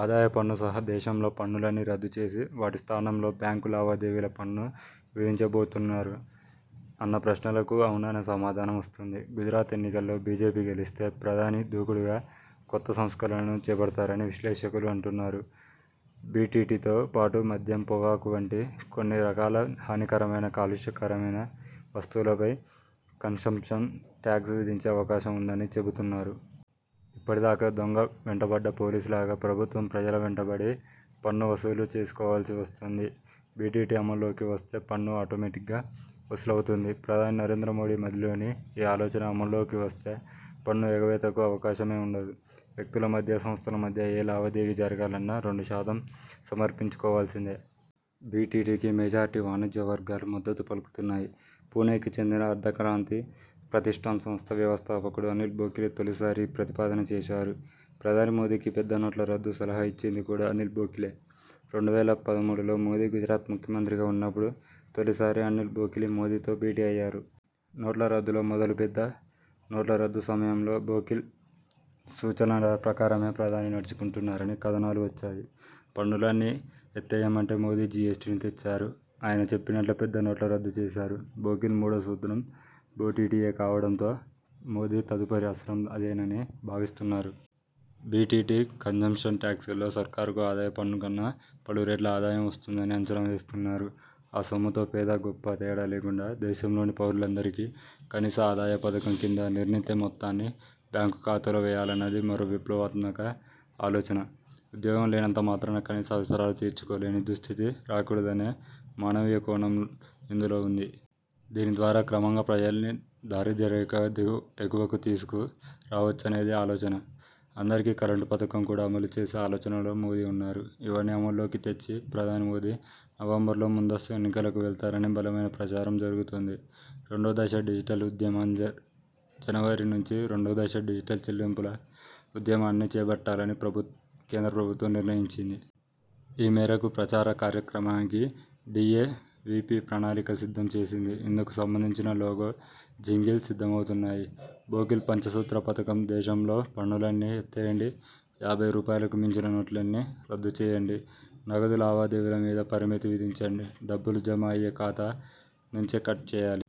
ఆదాయ పన్ను సహా దేశంలో పన్నులన్నీ రద్దుచేసి వాటి స్థానంలో బ్యాంకు లావాదేవీల పన్ను విధించబోతున్నారూ? అన్న ప్రశ్నలకు అవుననే సమాధానమే వస్తోంది. గుజరాత్ ఎన్నికల్లో బీజేపీ గెలిస్తే ప్రధాని దూకుడుగా కొత్త సంస్కరణలను చేపడతారని విశ్లేషకులు అంటున్నారు. బీటీటీతో పాటు మద్యం, పొగాకు లాంటి కొన్ని రకాల హానికరమైన, కాలుష్యకారకమైన వస్తువులపై కన్జంప్షన్ ట్యాక్స్ విధించే అవకాశం ఉందని చెబుతున్నారు. ఇప్పటిదాకా దొంగ వెంటపడ్డ పోలీసులాగా ప్రభుత్వం ప్రజల వెంటపడి పన్ను వసూలు చేసుకోవాల్సి వస్తోంది. బీటీటీ అమల్లోకి వస్తే పన్ను ఆటోమాటిక్గా వసూలవుతుంది. ప్రధాని నరేంద్ర మోదీ మదిలోని ఈ ఆలోచన అమల్లోకి వస్తే పన్ను ఎగవేతకు అవకాశమే ఉండదు. వ్యక్తుల మధ్య, సంస్థల మధ్య ఏ లావాదేవీ జరగాలన్నా రెండు శాతం సమర్పించుకోవాల్సిందే. బీటీటీకి మెజారిటీ వాణిజ్య వర్గాలు మద్దతు పలుకుతున్నాయి. పుణేకు చెందిన అర్ధక్రాంతి ప్రతిష్ఠాన్ సంస్థ వ్యవస్థాపకుడు అనిల్ బోకిల్ తొలిసారి ఈ ప్రతిపాదన చేశారు. ప్రధాని మోదీకి పెద్ద నోట్ల రద్దు సలహా ఇచ్చింది కూడా అనిల్ బోకిలే. రెండు వేల పదమూడులో మోదీ గుజరాత్ ముఖ్యమంత్రిగా ఉన్నపుడు తొలిసారి అనిల్ బోకిల్ మోదీతో భేటీ అయ్యారు. నోట్ల రద్దుతో మొదలుపెద్ద నోట్ల రద్దు సమయంలో బోకిల్ సూచనల ప్రకారమే ప్రధాని నడుచుకుంటున్నారని కథనాలు వచ్చాయి. పన్నులన్నీ ఎత్తేయమంటే మోదీ జీఎస్టీని తెచ్చారు. ఆయన చెప్పినట్లే పెద్ద నోట్ల రద్దు చేశారు. బోకిల్ మూడో సూత్రం బీటీటీయే కావడంతో మోదీ తదుపరి అస్త్రం అదేనని భావిస్తున్నారు. బీటీటీ, కన్జంప్షన్ ట్యాక్స్లతో సర్కారుకు ఆదాయ పన్ను కన్నా పలురెట్ల ఆదాయం వస్తుందని అంచనా వేస్తున్నారు. ఆ సొమ్ముతో పేదా, గొప్పా తేడా లేకుండా దేశంలోని పౌరులందరికీ కనీస ఆదాయ పథకం కింద నిర్ణీత మొత్తాన్ని బ్యాంకు ఖాతాలో వేయాలన్నది మరో విప్లవాత్మక ఆలోచన. ఉద్యోగం లేనంత మాత్రాన కనీస అవసరాలు తీర్చుకోలేని దుస్థితి రాకూడదనే మానవీయ కోణం ఇందులో ఉంది. దీనిద్వారా క్రమంగా ప్రజల్ని దారిద్య్రరేఖకు ఎగువకుతీసుకు రావచ్చనేది ఆలోచన. అందరికీ కరెంటు పథకం కూడా అమలు చేసే ఆలోచనలో మోదీ ఉన్నారు. ఇవన్నీ అమల్లోకి తెచ్చి ప్రధాని మోదీ నవంబరులోముందస్తు ఎన్నికలకు వెళ్తారనే బలమైన ప్రచారం జరుగుతోంది. రెండో దశ డిజిటల్ ఉద్యమంజనవరి నుంచి రెండో దశ డిజిటల్ చెల్లింపుల ఉద్యమాన్ని చేట్టాలని ప్రభు కేంద్ర ప్రభుత్వం నిర్ణయించింది. ఈ మేరకు ప్రచార కార్యక్రమానికి డీఏవీపీ ప్రణాళికలు సిద్ధం చేసింది. ఇందుకు సంబంధించిన లోగో, జింగిల్ సిద్ధమవుతున్నాయి. బోకిల్ పంచసూత్ర పథకం దేశంలో పన్నులన్నీ ఎత్తేయండి. యాభై రూపాయలకు మించిన నోట్లన్నీ రద్దు చేయండి నగదు లావాదేవీల మీద పరిమితి విధించండి. డబ్బులు జమ అయ్యే ఖాతా నుంచే కట్ చేయాలి.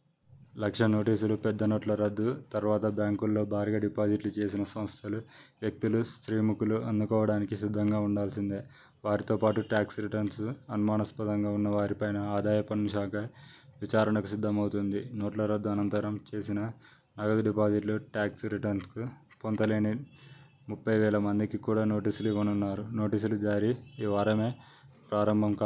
లక్ష నోటీసులుపెద్ద నోట్ల రద్దు తర్వాత బ్యాంకుల్లో భారీగా డిపాజిట్లు చేసిన సంస్థలు, వ్యక్తులు శ్రీముఖాలు అందుకోవడానికి సిద్ధంగా ఉండాల్సిందే. వారితోపాటు ట్యాక్స్ రిటర్న్స్ అనుమానాస్పదంగా ఉన్న వారిపైనా ఆదాయ పన్ను శాఖ విచారణకు సిద్ధమవుతోంది. నోట్ల రద్దు అనంతరం చేసిన నగదుడిపాజిట్లు, ట్యాక్స్ రిటర్న్స్కు పొంతనలేని ముప్పై వేల మందికి కూడా నోటీసులు ఇవ్వనున్నారు. నోటీసుల జారీ ఈ వారమే ప్రారంభం కానుంది.